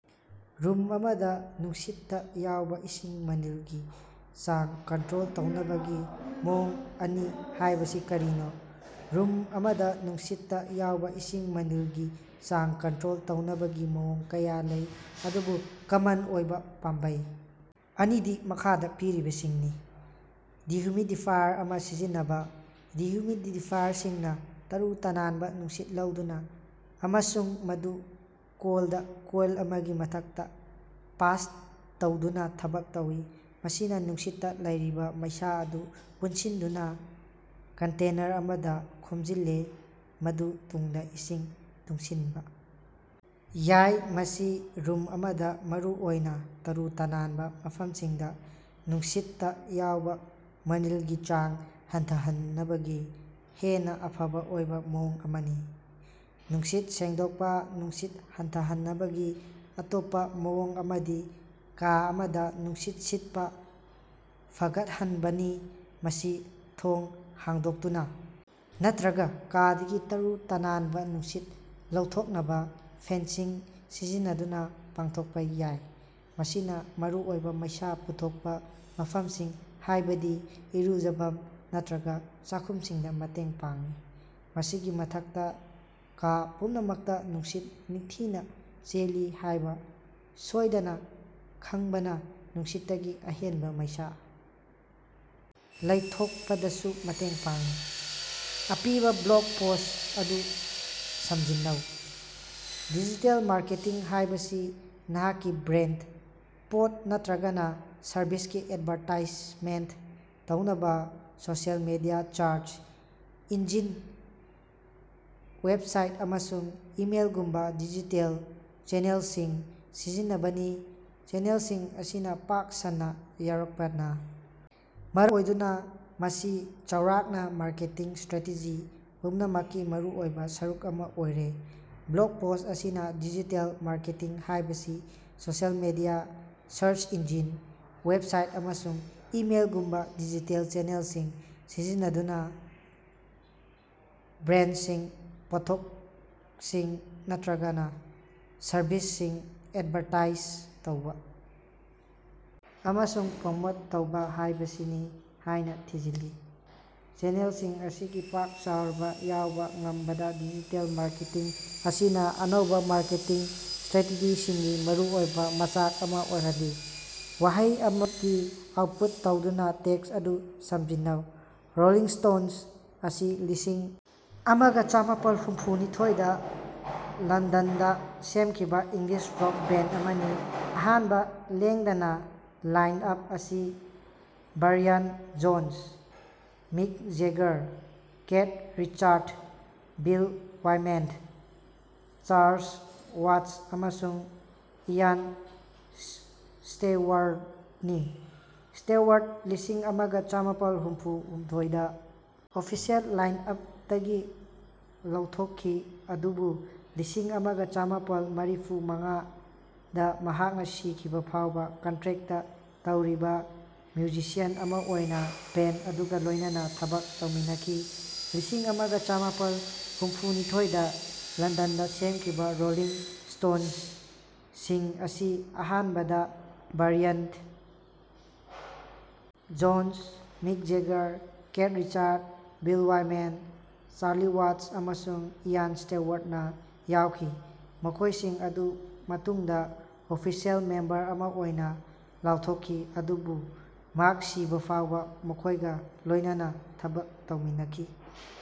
Room ꯑꯃꯗ ꯅꯨꯡꯁꯤꯠ ꯇ ꯌꯥꯎꯕ ꯏꯁꯤꯡ ꯃꯅꯤꯜ ꯒꯤ ꯆꯥꯡ ꯀꯟꯇ꯭ꯔꯣꯜ ꯇꯧꯅꯕꯒꯤ ꯃꯑꯣꯡ ꯑꯅꯤ ꯍꯥꯢꯕꯁꯤ ꯀꯔꯤꯅꯣ? ꯔꯨꯝ ꯑꯃꯗ ꯅꯨꯡꯁꯤꯠ ꯇ ꯌꯥꯎꯕ ꯏꯁꯤꯡ ꯃꯅꯤꯜ ꯒꯤ ꯆꯥꯡ ꯀꯟꯇ꯭ꯔꯣꯜ ꯇꯧꯅꯕꯒꯤ ꯃꯑꯣꯡ ꯀꯌꯥ ꯂꯩ ꯑꯗꯨꯕꯨ ꯀꯃꯟ ꯑꯣꯏꯕ ꯄꯥꯝꯕꯩ ꯑꯅꯤꯗꯤ ꯃꯈꯥꯗ ꯄꯤꯔꯤꯕꯁꯤꯡꯁꯤꯅꯤ: ꯗꯤꯍꯨꯃꯤꯗꯤꯐꯥꯏꯌꯔ ꯑꯃ ꯁꯤꯖꯤꯟꯅꯕ: ꯗꯤꯍꯨꯃꯤꯗꯤꯐꯥꯏꯌꯔꯁꯤꯡꯅ ꯇꯔꯨ-ꯇꯅꯥꯟꯕ ꯅꯨꯡꯁꯤꯠ ꯂꯧꯗꯨꯅ ꯑꯃꯁꯨꯡ ꯃꯗꯨ ꯀꯣꯜꯗ ꯀꯣꯏꯜ ꯑꯃꯒꯤ ꯃꯊꯛꯇ ꯄꯥꯁ ꯇꯧꯗꯨꯅꯥ ꯊꯕꯛ ꯇꯧꯏ꯫ ꯃꯁꯤꯅ ꯅꯨꯡꯁꯤꯠꯇ ꯂꯩꯔꯤꯕ ꯃꯩꯁꯥ ꯑꯗꯨ ꯄꯨꯟꯁꯤꯟꯗꯨꯅ ꯀꯟꯇꯦꯅꯔ ꯑꯃꯗ ꯈꯣꯝꯖꯤꯜꯂꯤ ꯃꯗꯨ ꯇꯨꯡꯗ ꯏꯁꯤꯡ ꯇꯨꯡꯁꯤꯟꯕ ꯌꯥꯏ꯫ ꯃꯁꯤ ꯔꯨꯝ ꯑꯃꯗ ꯃꯔꯨꯑꯣꯏꯅ ꯇꯔꯨ-ꯇꯅꯥꯟꯕ ꯃꯐꯝꯁꯤꯡꯗ ꯅꯨꯡꯁꯤꯠ ꯇ ꯌꯥꯎꯕ ꯃꯅꯤꯜꯒꯤ ꯆꯥꯡ ꯍꯟꯊꯍꯟꯅꯕꯒꯤ ꯍꯦꯟꯅ ꯐꯕ ꯑꯣꯏꯕ ꯃꯑꯣꯡ ꯑꯃꯅꯤ꯫ ꯅꯨꯡꯁꯤꯠ ꯁꯦꯡꯗꯣꯛꯄ: ꯅꯨꯡꯁꯤꯠ ꯍꯟꯊꯍꯟꯅꯕꯒꯤ ꯑꯇꯣꯞꯄ ꯃꯑꯣꯡ ꯑꯃꯗꯤ ꯀꯥ ꯑꯃꯗ ꯅꯨꯡꯁꯤꯠ ꯁꯤꯠꯄ ꯐꯒꯠꯍꯟꯕꯅꯤ꯫ ꯃꯁꯤ ꯊꯣꯡ ꯍꯥꯡꯗꯣꯛꯇꯨꯅ ꯅꯠꯇ꯭ꯔꯒ ꯀꯥꯗꯒꯤ ꯇꯔꯨ-ꯇꯅꯥꯟꯕ ꯅꯨꯡꯁꯤꯠ ꯂꯧꯊꯣꯛꯅꯕ ꯐꯦꯟꯁꯤꯡ ꯁꯤꯖꯤꯟꯅꯗꯨꯅ ꯄꯥꯡꯊꯣꯛꯄ ꯌꯥꯏ꯫ ꯃꯁꯤꯅ ꯃꯔꯨꯑꯣꯏꯅ ꯃꯩꯁꯥ ꯄꯨꯊꯣꯛꯄ ꯃꯐꯝꯁꯤꯡ ꯍꯥꯢꯕꯗꯤ ꯏꯔꯨꯖꯐꯝ ꯅꯠꯇ꯭ꯔꯒ ꯆꯥꯈꯨꯝꯁꯤꯡꯗ ꯃꯇꯦꯡ ꯄꯥꯡꯏ꯫ ꯃꯁꯤꯒꯤ ꯃꯊꯛꯇ, ꯀꯥ ꯄꯨꯝꯅꯃꯛꯇ ꯅꯨꯡꯁꯤꯠ ꯅꯤꯡꯊꯤꯅ ꯆꯦꯜꯂꯤ ꯍꯥꯢꯕ ꯁꯣꯢꯗꯅ ꯈꯪ ꯕꯅ ꯅꯨꯡꯁꯤꯠꯇꯒꯤ ꯑꯍꯦꯟꯕ ꯃꯩꯁꯥ ꯂꯩꯊꯣꯛꯄꯗꯁꯨ ꯃꯇꯦꯡ ꯄꯥꯡꯏ꯫ ꯑꯄꯤꯕꯥ ꯕ꯭ꯂꯣꯒ ꯄꯣꯁ꯭ꯠ ꯑꯗꯨ ꯁꯝꯖꯤꯟꯅꯧ꯫ ꯗꯤꯖꯤꯇꯦꯜ ꯃꯥꯔꯀꯦꯇꯤꯡ ꯍꯥꯢꯕꯁꯤ ꯅꯍꯥꯛꯀꯤ ꯕ꯭ꯔꯥꯟꯗ, ꯄꯣꯠ ꯅꯠꯇ꯭ꯔꯒ ꯁꯔꯚꯤꯁꯀꯤ ꯑꯦꯗꯚꯥꯔꯇꯥꯏꯖꯃꯦꯟꯇ ꯇꯧꯅꯕ social media, search engine, website ꯑꯃꯁꯨꯡ ꯏꯃꯦꯜꯒꯨꯝꯕ ꯗꯤꯖꯤꯇꯦꯜ ꯆꯦꯅꯦꯜꯁꯤꯡ ꯁꯤꯖꯤꯟꯅꯕꯅꯤ꯫ ꯆꯦꯅꯦꯜꯁꯤꯡ ꯑꯁꯤꯅ ꯄꯥꯛ ꯁꯟꯅ ꯌꯧꯔꯛꯄꯅ ꯃꯔꯝ ꯑꯣꯏꯗꯨꯅ ꯃꯁꯤ ꯆꯥꯎꯔꯥꯛꯅ ꯃꯥꯔꯀꯦꯇꯤꯡ ꯁꯇ꯭ꯔꯦꯇꯦꯖꯤ ꯄꯨꯝꯅꯃꯛꯀꯤ ꯃꯔꯨꯑꯣꯏꯕ ꯁꯔꯨꯛ ꯑꯃ ꯑꯣꯏꯔꯦ꯫ ꯕ꯭ꯂꯣꯒ ꯄꯣꯁ꯭ꯠ ꯑꯁꯤꯅ ꯗꯤꯖꯤꯇꯦꯜ ꯃꯥꯔꯀꯦꯇꯤꯡ ꯍꯥꯢꯕꯁꯤ social media, search engine, website ꯑꯃꯁꯨꯡ ꯏꯃꯦꯜꯒꯨꯝꯕ ꯗꯤꯖꯤꯇꯦꯜ ꯆꯦꯅꯦꯜꯁꯤꯡ ꯁꯤꯖꯤꯟꯅꯗꯨꯅ ꯕ꯭ꯔꯥꯟꯗꯁꯤꯡ, ꯄꯣꯠꯊꯣꯛꯁꯤꯡ, ꯅꯠꯇ꯭ꯔꯒ ꯁꯔꯚꯤꯁꯁꯤꯡ ꯑꯦꯗꯚꯥꯔꯇꯥꯏꯖ ꯇꯧꯕ ꯑꯃꯁꯨꯡ ꯄ꯭ꯔꯃꯣꯠ ꯇꯧꯕꯥ ꯍꯥꯢꯕꯁꯤꯅꯤ ꯍꯥꯢꯅꯥ ꯊꯤꯖꯤꯜꯂꯤ꯫ ꯆꯦꯅꯦꯜꯁꯤꯡ ꯑꯁꯤꯒꯤ ꯄꯥꯛ ꯆꯥꯎꯔꯕ ꯌꯧꯕ ꯉꯝꯕꯅ ꯗꯤꯖꯤꯇꯦꯜ ꯃꯥꯔꯀꯦꯇꯤꯡ ꯑꯁꯤ ꯑꯅꯧꯕ ꯃꯥꯔꯀꯦꯇꯤꯡ ꯁꯇ꯭ꯔꯦꯇꯦꯖꯤꯁꯤꯡꯒꯤ ꯃꯔꯨꯑꯣꯏꯕ ꯃꯆꯥꯛ ꯑꯃ ꯑꯣꯏꯍꯜꯂꯤ꯫ ꯋꯥꯍꯩ ꯑꯃ ꯑꯥꯎꯠꯄꯨꯠ ꯇꯧꯗꯨꯅ ꯇꯦꯛꯁ ꯑꯗꯨ ꯁꯝꯖꯤꯟꯅꯧ꯫ ꯔꯣꯂꯤꯡ ꯁ꯭ꯇꯣꯁ ꯑꯁꯤ ꯂꯤꯁꯤꯡ ꯑꯃꯒ ꯆꯥꯃꯥꯄꯜ ꯍꯨꯝꯐꯨ ꯅꯤꯊꯣꯏꯗ ꯂꯟꯗꯟꯗꯥ ꯁꯦꯝꯈꯤꯕ ꯏꯪꯂꯤꯁ ꯔꯣꯛ ꯕꯦꯟꯗ ꯑꯃꯅꯤ ꯑꯍꯥꯟꯕ ꯂꯦꯡꯗꯅ ꯂꯥꯏꯟ-ꯑꯞ ꯑꯁꯤ Brian Jones, Mick Jagger, Keith Richards, Bill Wyman, Charlie Watts ꯑꯃꯁꯨꯡ ꯏꯌꯥꯟ ꯁ꯭ꯇꯦꯋꯥꯔꯗꯅꯤ꯫ ꯁ꯭ꯇꯦꯋꯥꯔꯗꯅ ꯂꯤꯁꯤꯡ ꯑꯃꯒ ꯆꯥꯃꯥꯄꯜ ꯍꯨꯝꯐꯨ ꯍꯨꯝꯗꯣꯏꯗꯥ ꯑꯣꯐꯤꯁꯤꯑꯦꯜ ꯂꯥꯏꯟ-ꯑꯞꯇꯒꯤ ꯂꯧꯊꯣꯛꯈꯤ ꯑꯗꯨꯕꯨ ꯂꯤꯁꯤꯡ ꯑꯃꯒ ꯆꯥꯃꯥꯄꯜ ꯃꯔꯤꯐꯨ ꯃꯉꯥꯗ ꯃꯍꯥꯛ ꯁꯤꯈꯤꯕ ꯐꯥꯎꯕ ꯀꯟꯇꯔꯦꯛꯇ ꯇꯧꯔꯕ ꯃ꯭ꯌꯨꯖꯤꯁꯤꯌꯥꯟ ꯑꯃ ꯑꯣꯏꯅ ꯕꯦꯟꯗ ꯑꯗꯨꯒ ꯂꯣꯢꯅꯅꯥ ꯊꯕꯛ ꯇꯧꯃꯤꯟꯅꯈꯤ꯫ ꯂꯤꯁꯤꯡ ꯑꯃꯒ ꯆꯥꯃꯥꯄꯜ ꯍꯨꯝꯐꯨꯅꯤꯊꯣꯏꯗ ꯂꯟꯗꯟꯗ ꯁꯦꯝꯈꯤꯕꯥ ꯔꯣꯂꯤꯡ ꯁ꯭ꯇꯣꯟꯁꯤꯡ ꯑꯁꯤ ꯑꯍꯥꯟꯕꯗ Brian Jones, Mick Jagger, Keith Richards, Bill Wyman, Charlie Watts ꯑꯃꯁꯨꯡ ꯏꯌꯥꯟ ꯁ꯭ꯇꯦꯋꯥꯔꯗꯅ ꯌꯥꯎꯈꯤ ꯃꯈꯣꯢꯁꯤꯡ ꯑꯗꯨ ꯃꯇꯨꯡꯗ ꯑꯣꯐꯤꯁꯤꯑꯦꯜ ꯃꯦꯝꯕꯔ ꯑꯃ ꯑꯣꯏꯅꯥ ꯂꯧꯊꯣꯛꯈꯤ ꯑꯗꯨꯕꯨ ꯃꯍꯥꯛ ꯁꯤꯕ ꯐꯥꯎꯕꯥ ꯃꯈꯣꯢꯒꯥ ꯂꯣꯢꯅꯅꯥ ꯊꯕꯛ ꯇꯧꯃꯤꯟꯅꯈꯤ꯫